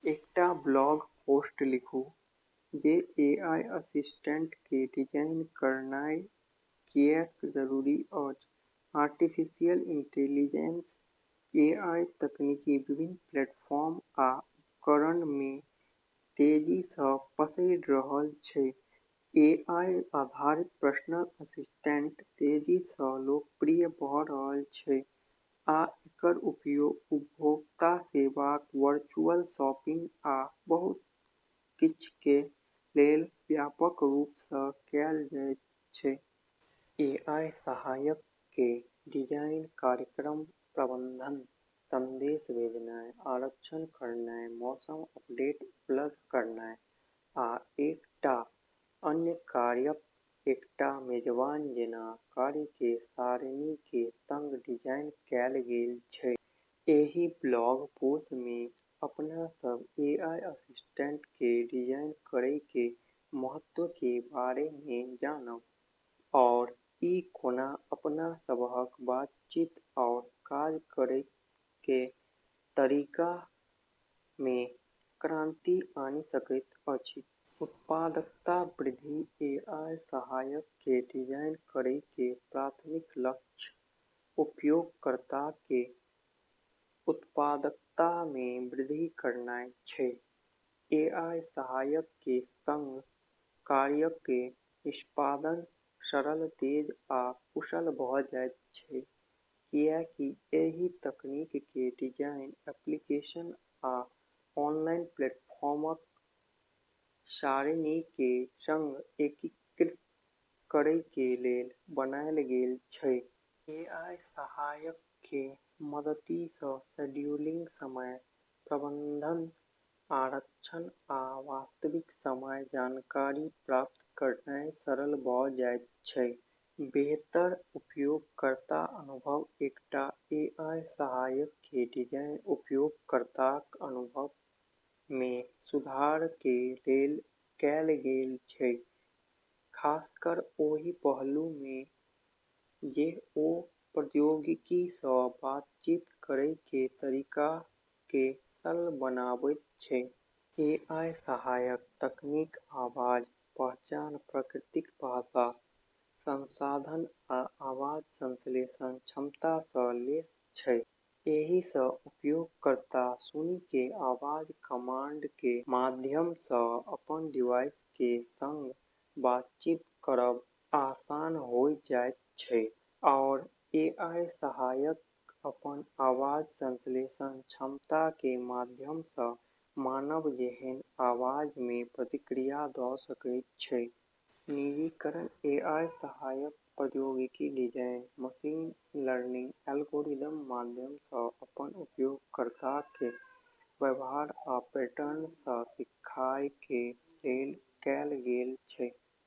एकटा blog post लिखु जे एआई असिस्टेंटके डिजाइन करनाइ किएक जरूरी अछि । आर्टिफिशियल इंटेलिजेंस (एआई) तकनीक विभिन्न प्लेटफार्म आ उपकरणमे तेजीसँ पसैर रहल छै । एआई आधारित पर्सनल असिस्टेंट तेजीसँ लोकप्रिय भ' रहल छै आ एकर उपयोग उपभोक्ता सेवाक, वर्चुअल शॉपिंग आ बहुत किछके लेल व्यापक रूपसँ कैल जाइत छै । एआई सहायकके डिजाइन कार्यक्रमक प्रबंधन, संदेश भेजनाइ, आरक्षण करनाइ, मौसम अपडेट उपलब्ध करेनाइ, आ कएक टा अन्य कार्यक एकटा मेजबान जेना कार्यक सारिणीके सङ्ग डिजाइन कैल गेल छै । एहि ब्लॉग पोस् मे अपनासब एआई असिस्टेंटके डिजाइन करैके महत्वके बारेमे जानब आओर ई कोना अपना सबहक बातचीत आओर काज करैके तरीकामे क्रांति आनि सकैत अछि । उत्पादकतामे वृद्धि एआई सहायकके डिजाइन करैके प्राथमिक लक्ष्य उपयोगकर्ताकेँ उत्पादकतामे वृद्धि करनाइ छै । एआई सहायकके सङ्ग कार्यक निष्पादन सरल, तेज आ कुशल भ' जाइत छै, किएकि एहि तकनीकके डिजाइन एप्लीकेशन आ ऑनलाइन प्लेटफॉर्मक सारिणीके सङ्ग एकीकृत करैके लेल बनायल गेल छै । एआई सहायकके मदतिसँ शेड्यूलिंग, समय प्रबंधन, आरक्षण आ वास्तविक समय जानकारी प्राप्त करनाइ सरल भ' जाइत छै । बेहतर उपयोगकर्ता अनुभव एकटा एआई सहायकके डिजाइन उपयोगकर्ताक अनुभवमे सुधारके लेल कैल गेल छै खासकर ओहि पहलुमे जे ओ प्रौद्योगिकीसँ बातचीत करैके तरीकाके सरल बनबैत छै । एआई सहायक तकनीक आवाज पहचान, प्राकृतिक भाषा संसाधन आ आवाज संश्लेषण क्षमतासँ लैस छै । एहिसँ उपयोगकर्ता सुनिके आवाज कमांडके माध्यमसँ अपन डिवाइसके सङ्ग बातचीत करब आसान होइ जाइत छै आओर एआई सहायक अपन आवाज संश्लेषण क्षमताके माध्यमसँ मानव जेहन आवाजमे प्रतिक्रिया द' सकै छै। निजीकरण एआई सहायक प्रौद्योगिकीके डिजाइन मशीन लर्निंग एल्गोरिदमके माध्यमसँ अपन उपयोगकर्ताके व्यवहार आ पैटर्नसँ सीखयके लेल कैल गेल छै।